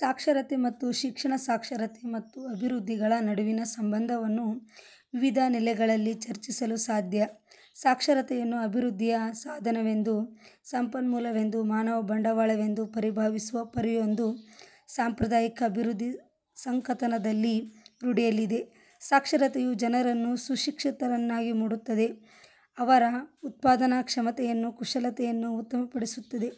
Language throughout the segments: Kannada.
ಸಾಕ್ಷರತೆ ಮತ್ತು ಶಿಕ್ಷಣ ಸಾಕ್ಷರತೆ ಮತ್ತು ಅಭಿವೃದ್ಧಿಗಳ ನಡುವಿನ ಸಂಬಂಧವನ್ನು ವಿವಿಧ ನೆಲೆಗಳಲ್ಲಿ ಚರ್ಚಿಸಲು ಸಾಧ್ಯ. ಸಾಕ್ಷರತೆಯನ್ನು ಅಭಿವೃದ್ಧಿಯ 'ಸಾಧನ'ವೆಂದೂ, 'ಸಂಪನ್ಮೂಲ'ವೆಂದೂ 'ಮಾನವ ಬಂಡವಾಳ'ವೆಂದೂ ಪರಿಭಾವಿಸುವ ಪರಿಯೊಂದು ಸಾಂಪ್ರದಾಯಿಕ ಅಭಿವೃದ್ಧಿ ಸಂಕಥನದಲ್ಲಿ ರೂಢಿಯಲ್ಲಿದೆ. ಸಾಕ್ಷರತೆಯು ಜನರನ್ನು ಸುಶಿಕ್ಷಿತರನ್ನಾಗಿ ಮಾಡುತ್ತದೆ, ಅವರ ಉತ್ಪಾದನಾ ಕ್ಷಮತೆಯನ್ನು ಕುಶಲತೆಯನ್ನು ಉತ್ತಮ ಪಡಿಸುತ್ತದೆ,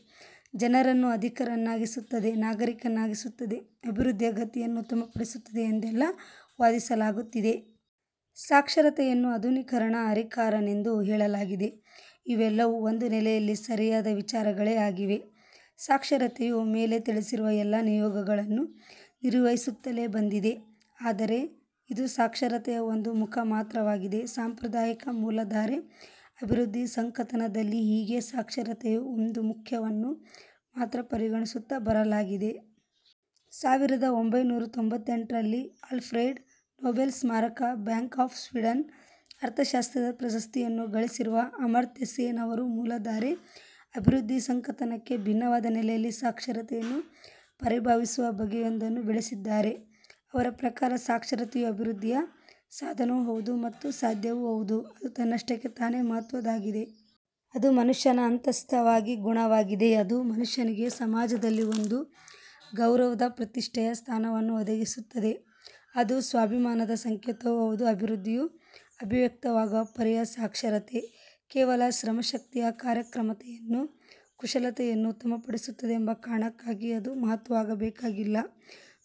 ಜನರನ್ನು ಆಧುನಿಕರನ್ನಾಗಿಸುತ್ತದೆ ನಾಗರಿಕರನ್ನಾಗಿಸುತ್ತದೆ, ಅಭಿವೃದ್ಧಿಯ ಗತಿಯನ್ನು ಉತ್ತಮಪಡಿಸುತ್ತದೆ ಎಂದೆಲ್ಲ ವಾದಿಸಲಾಗುತ್ತದೆ. 'ಸಾಕ್ಷರತೆ'ಯನ್ನು ಆಧುನೀಕರಣ 'ಹರಿಕಾರ'ನೆಂದೂ ಹೇಳಲಾಗಿದೆ. ಇವೆಲ್ಲವೂ ಒಂದು ನೆಲೆಯಲ್ಲಿ ಸರಿಯಾದ ವಿಚಾರಗಳೇ ಆಗಿವೆ. ಸಾಕ್ಷರತೆಯು ಮೇಲೆ ತಿಳಿಸಿರುವ ಎಲ್ಲ ನಿಯೋಗಗಳನ್ನು ನಿರ್ವಹಿಸುತ್ತಲೇ ಬಂದಿದೆ. ಆದರೆ ಇದು ಸಾಕ್ಷರತೆಯ ಒಂದು ಮುಖ ಮಾತ್ರವಾಗಿದೆ. ಸಾಂಪ್ರದಾಯಿಕ ಮೂಲ ಧಾರೆ ಅಭಿವೃದ್ಧಿ ಸಂಕಥನದಲ್ಲಿ ಹೀಗೆ ಸಾಕ್ಷರತೆಯ ಒಂದು ಮುಖ್ಯವನ್ನು ಮಾತ್ರ ಪರಿಗಣಿಸುತ್ತಾ ಬರಲಾಗಿದೆ. ಸಾವಿರದ ಒಂಭೈನೂರ ತೊಂಭತ್ತೆಂಟರಲ್ಲಿ ಆಲ್ಫ್ರೆಡ್ ನೊಬೆಲ್ ಸ್ಮಾರಕ ಬ್ಯಾಂಕ್ ಆಫ್ ಸ್ವೀಡನ್ನ ಅರ್ಥಶಾಸ್ತ್ರದ ಪ್ರಶಸ್ತಿಯನ್ನು ಗಳಿಸಿರುವ ಅಮರ್ತ್ಯಸೇನ್ ಅವರು ಮೂಲಧಾರೆ ಅಭಿವೃದ್ಧಿ ಸಂಕಥನಕ್ಕೆ ಭಿನ್ನವಾದ ನೆಲೆಯಲ್ಲಿ ಸಾಕ್ಷರತೆಯನ್ನು ಪರಿಭಾವಿಸುವ ಬಗೆಯೊಂದನ್ನು ಬೆಳೆಸಿದಿದ್ದಾರೆ. ಅವರ ಪ್ರಕಾರ ಸಾಕ್ಷರತೆಯು ಅಭಿವೃದ್ಧಿಯ 'ಸಾಧನ'ವೂ ಹೌದು ಮತ್ತು 'ಸಾಧ್ಯ'ವೂ ಹೌದು, ಅದು ತನ್ನಷ್ಟಕ್ಕೆ ತಾನೆ ಮಹತ್ವದ್ದಾಗಿದೆ. ಅದು ಮನುಷ್ಯನ ಅಂತಸ್ಥವಾಗಿ ಗುಣವಾಗಿದೆ. ಅದು ಮನುಷ್ಯನಿಗೆ ಸಮಾಜದಲ್ಲಿ ಒಂದು ಗೌರವದ ಪ್ರತಿಷ್ಟೆಯ ಸ್ಥಾನವನ್ನು ಒದಗಿಸುತ್ತದೆ. ಅದು ಸ್ವಾಭಿಮಾನದ ಸಂಕೇತವೂ ಹೌದು. ಅಭಿವೃದ್ಧಿಯು ಅಭಿವ್ಯಕ್ರವಾಗುವ ಪರಿಯೇ ಸಾಕ್ಷರತೆ. ಕೇವಲ ಶ್ರಮಶಕ್ತಿಯ ಕಾರ್ಯಕ್ರಮತೆಯನ್ನು, ಕುಶಲತೆಯನ್ನು ಉತ್ತಮ ಪಡಿಸುತ್ತದೆ ಎಂಬ ಕಾರಣಕ್ಕಾಗಿ ಅದು ಮಹತ್ವವಾಗಬೇಕಾಗಿಲ್ಲ.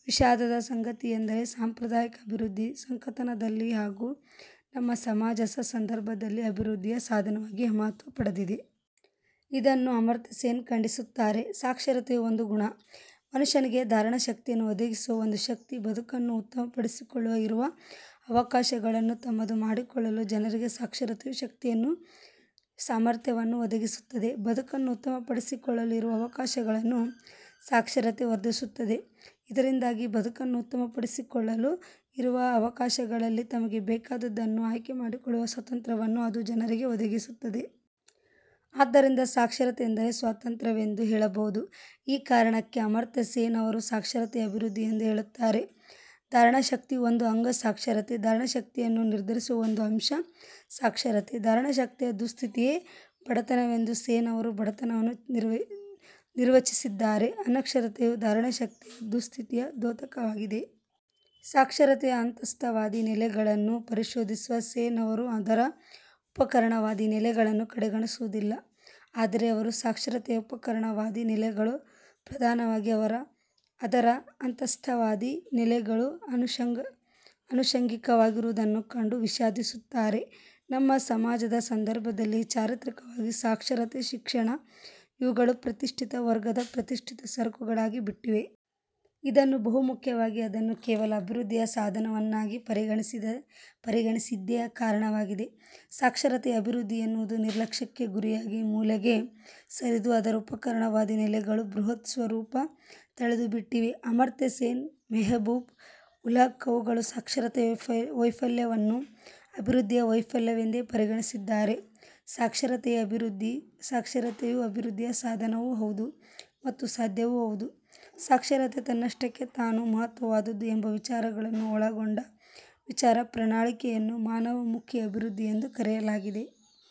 ವಿಷಾದದ ಸಂಗತಿಯೆಂದರೆ ಸಾಂಪ್ರದಾಯಿಕ ಅಭಿವೃದ್ಧಿ ಸಂಕಥನದಲ್ಲಿ ಹಾಗೂ ನಮ್ಮ ಸಮಾಜಸ ಸಂದರ್ಭದಲ್ಲಿ ಅಭಿವೃದ್ಧಿಯ ಸಾಧನವಾಗಿಯೇ ಮಹತ್ವ ಪಡೆದಿದೆ. ಇದನ್ನು ಅಮರ್ತ್ಯಸೇನ್ ಖಂಡಿಸುತ್ತಾರೆ. ಸಾಕ್ಷರತೆಯು ಒಂದು ಗುಣ. ಮನುಷ್ಯನಿಗೆ ಧಾರಣಶಕ್ತಿಯನ್ನು ಒದಗಿಸುವ ಒಂದು ಶಕ್ತಿ. ಬದುಕನ್ನು ಉತ್ತಮ ಪಡಿಸಿಕೊಳ್ಳಲು ಇರುವ ಅವಕಾಶಗಳನ್ನು ತಮ್ಮದು ಮಾಡಿಕೊಳ್ಳಲು ಜನರಿಗೆ ಸಾಕ್ಷರತೆಯು ಶಕ್ತಿಯನ್ನು ಸಾಮರ್ಥ್ಯವನ್ನು ಒದಗಿಸುತ್ತದೆ. ಬದುಕನ್ನು ಉತ್ತಮಪಡಿಸಿಕೊಳ್ಳಲು ಇರುವ ಅವಕಾಶಗಳನ್ನು ಸಾಕ್ಷರತೆ ವರ್ಧಿಸುತ್ತದೆ. ಇದರಿಂದಾಗಿ ಬದುಕನ್ನು ಉತ್ತಮ ಪಡಿಸಿಕೊಳ್ಳಲು ಇರುವ ಅವಕಾಶಗಳಲ್ಲಿ ತಮಗೆ ಬೇಕಾದುದನ್ನು ಆಯ್ಕೆ ಮಾಡಿಕೊಳ್ಳುವ ಸ್ವಾತಂತ್ರ್ಯವನ್ನು ಅದು ಜನರಿಗೆ ಒದಗಿಸುತ್ತದೆ. ಆದ್ದರಿಂದ ಸಾಕ್ಷರತೆ ಎಂದರೆ' 'ಸ್ವಾತಂತ್ರ್ಯ'ವೆಂದೂ ಹೇಳಬಹುದು. ಈ ಕಾರಣಕ್ಕೆ ಅಮರ್ತ್ಯಸೇನ್ ಅವರು ಸಾಕ್ಷರತೆಯೇ ಅಭಿವೃದ್ಧಿ ಎಂದು ಹೇಳುತ್ತಾರೆ. ಧಾರಣಶಕ್ತಿಯು ಒಂದು ಅಂಗ ಸಾಕ್ಷರತೆ. ಧಾರಣಶಕ್ತಿಯನ್ನು ನಿರ್ಧರಿಸುವ ಒಂದು ಅಂಶ ಸಾಕ್ಷರತೆ. 'ಧಾರಣಶಕ್ತಿಯ ದುಸ್ಥಿತಿ'ಯೇ ಬಡತನವೆಂದು ಸೇನ್ ಅವರು ಬಡತನವನ್ನು ನಿರ್ವಚಿಸಿದ್ದಾರೆ.. ಅನಕ್ಷರತೆಯು ಧಾರಣಶಕ್ತಿಯ ದುಸ್ಥಿತಿಯ ದ್ಯೋತಕವಾಗಿದೆ. ಸಾಕ್ಷರತೆಯ ಅಂತಸ್ಥವಾದಿ ನೆಲೆಗಳನ್ನು ಪರಿಶೋಧಿಸುವ ಸೇನ್ ಅವರು ಅದರ 'ಉಪಕರಣವಾದಿ; ನೆಲೆಗಳನ್ನು ಕಡೆಗಣಿಸುವುದಿಲ್ಲ. ಆದರೆ ಅವರು ಸಾಕ್ಷರತೆಯ ಉಪಕರಣವಾದಿ ನೆಲೆಗಳು ಪ್ರಧಾನವಾಗಿ ಅದರ ಅಂತಸ್ಥವಾದಿ ನೆಲೆಗಳು ಅನುಷಂಗಿಕವಾಗಿರುವುದನ್ನು ಕಂಡು ವಿಷಾಧಿಸುತ್ತಾರೆ. ನಮ್ಮ ಸಮಾಜದ ಸಂದರ್ಭದಲ್ಲಿ, ಚಾರಿತ್ರಿಕವಾಗಿ ಸಾಕ್ಷರತೆ – ಶಿಕ್ಷಣ ಇವುಗಳು ಪ್ರತಿಷ್ಠಿತ ವರ್ಗದ ಪ್ರತಿಷ್ಠಿತ ಸರಕುಗಳಾಗಿ ಬಿಟ್ಟಿವೆ. ಇದನ್ನು ಬಹುಮುಖ್ಯವಾಗಿ ಅದನ್ನು ಕೇವಲ ಅಭಿವೃದ್ಧಿಯ ಸಾಧನವನ್ನಾಗಿ ಪರಿಗಣಿಸಿದ್ದೇ ಕಾರಣವಾಗಿದೆ. ಸಾಕ್ಷರತೆಯೇ ಅಭಿವೃದ್ಧಿ ಎನ್ನುವುದು ನಿರ್ಲಕ್ಷ್ಯಕ್ಕೆ ಗುರಿಯಾಗಿ, ಮೂಲೆಗೆ ಸರಿದು ಅದರ ಉಪಕರಣ ವಾದಿ ನೆಲೆಗಳು ಬೃಹತ್ ಸ್ವರೂಪ ತಳೆದು ಬಿಟ್ಟಿವೆ. ಅಮರ್ತ್ಯಸೇನ್, ಮೆಹಬೂಬ್ ಉಲ್ಹಕ್ ಅವುಗಳು ಸಾಕ್ಷರತೆಯ ವೈಫಲ್ಯವನ್ನು ಅಭಿವೃದ್ಧಿಯ ವೈಫಲ್ಯವೆಂದೇ ಪರಿಗಣಿಸಿದ್ದಾರೆ. 'ಸಾಕ್ಷರತೆಯೇ ಅಭಿವೃದ್ಧಿ', 'ಸಾಕ್ಷರತೆಯು ಅಭಿವೃದ್ಧಿಯ 'ಸಾಧನ' ವೂ ಹೌದು ಮತ್ತು 'ಸಾಧ್ಯ'ವೂ ಹೌದು', ಸಾಕ್ಷರತೆ ತನ್ನಷ್ಟಕ್ಕೆ ತಾನು ಮಹತ್ವವಾದುದು ಎಂಬ ವಿಚಾರಗಳನ್ನು ಒಳಗೊಂಡ ವಿಚಾರ ಪ್ರಣಾಳಿಕೆಯನ್ನು 'ಮಾನವ ಮುಖಿ ಅಭಿವೃದ್ಧಿ' ಎಂದು ಕರೆಯಲಾಗಿದೆ.